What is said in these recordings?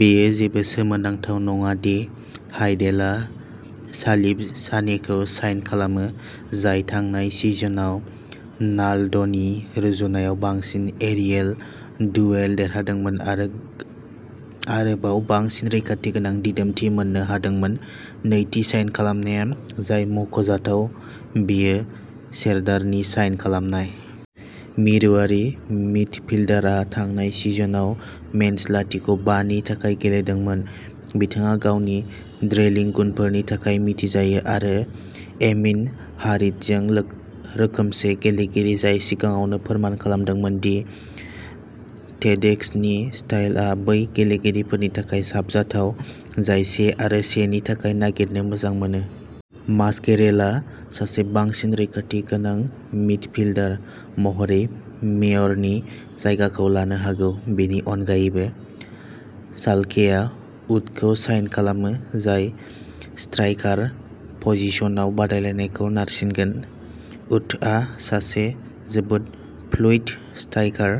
बेयो जेबो सोमोनांथाव नङा दि हाइडेलआ सालिफ सानेखौ साइन खालामो, जाय थांनाय सिजनआव नाल्ड'नि रुजुनायाव बांसिन एरियेल दुवेल देरहादोंमोन आरो आरोबाव बांसिन रैखाथि गोनां दिदोमथि मोननो हादोंमोन। नैथि साइन खालामनाया जाय मुंख' जाथाव, बेयो सेरदारनि साइन खालामनाय। मिरुआरि मिडफिल्डारआ थांनाय सिजनआव मेन्ज लाथिख' बा नि थाखाय गेलेदोंमोन। बिथाङा गावनि ड्रेलिं गुनफोरनि थाखाय मिथिजायो आरो एमिन हारिटजों रोखोमसे गेलेगिरि, जाय सिगाङावनो फोरमान खालामदोंमोन दि टेडेस्क'नि स्टाइलआ बै गेलेगिरिफोरनि थाखाय साबजाथाव जाय से आरो से नि थाखाय नागिरनो मोजां मोनो। मास्केरेलआ सासे बांसिन रैखाथि गोनां मिडफिल्डार महरै मेयरनि जायगाखौ लानो हागौ। बेनि अनगायैबो, शाल्केआ उथखौ साइन खालामो, जाय स्ट्राइकार पजिशनाव बादायलायनायखौ नारसिगोन। उथआ सासे जोबोद फ्लुइड स्ट्राइकार,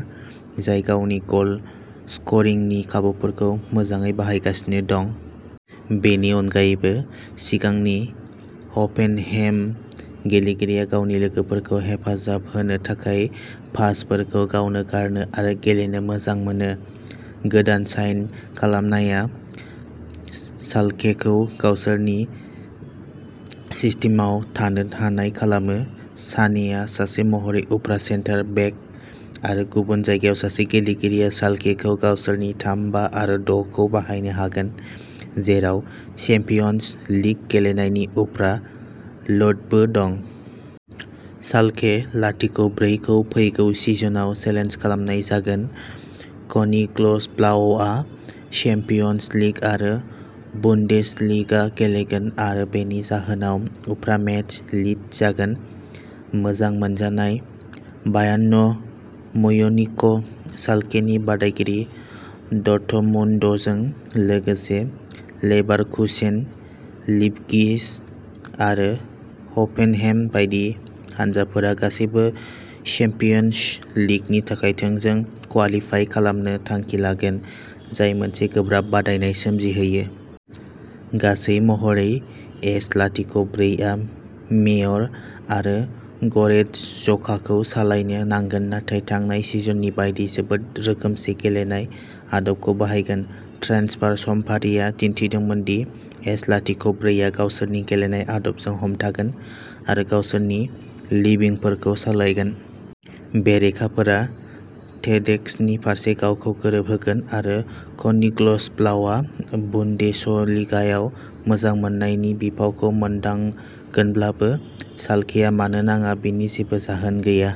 जाय गावनि गल स्क'रिंनि खाबुफोरखौ मोजाङै बाहायगासिनो दं। बेनि अनगायैबो, सिगांनि हफेनहेइम गेलेगिरिया गावनि लोगोफोरखौ हेफाजाब होनो थाखाय पासफोरखौ गावनो गारनो आरो गेलेनो मोजां मोनो। गोदान साइन खालामनाया शाल्केखौ गावसोरनि सिस्टेमआव थानो हानाय खालामो। सानेआ सासे महरै उफ्रा सेन्टार बेक आरो गुबुन जायगायाव सासे गेलेगिरिया शाल्केखौ गावसोरनि थाम बा आरो द' खौ बाहायनो हागोन, जेराव चेम्पियन्स लिग गेलेनायनि उफ्रा लडबो दं। शाल्के लाथिख' ब्रै खौ फैगौ सिजनआव चेलेन्ज खालामनाय जागोन। कनिग्सब्लाउआ चेम्पियन्स लिग आरो बुन्देसलिगा गेलेगोन आरो बेनि जाहोनाव उफ्रा मेच लिड जागोन। मोजां मोनजानाय बायान' म्युनिख', शाल्केनि बादायगिरि डर्टमन्ड'जों लोगोसे लेभारकुसेन, लिपगिज आरो हफेनहेम बायदि हानजाफोरा गासैबो च्याम्पियन्स लिगनि थाखाय थोंजों क्वालिफाइ खालामनो थांखि लागोन, जाय मोनसे गोब्राब बादायनाय सोमजिहोयो। गासै महरै, एस लाथिख' ब्रै आ मेयर आरो ग'रेटज जकाखौ सालायनो नांगोन नाथाय थांनाय सिजननि बायदि जोबोद रोखोमसे गेलेनाय आदबखौ बाहायगोन। ट्रेन्सफार समफारिआ दिन्थिदोंमोन दि एस लाथिख' ब्रै आ गावसोरनि गेलेनाय आदबजों हमथागोन आरो गावसोरनि लिभिंफोरखौ सालायगोन। बेरेखाफोरा टेडेक्स'नि फारसे गावखौ गोरोबहोगोन आरो कनिग्ल्सब्लाउआ बुन्देसलिगायाव मोजां मोननायनि बिफावखौ मोनदांगोनब्लाबो, शाल्केआ मानो नाङा बेनि जेबो जाहोन गैया।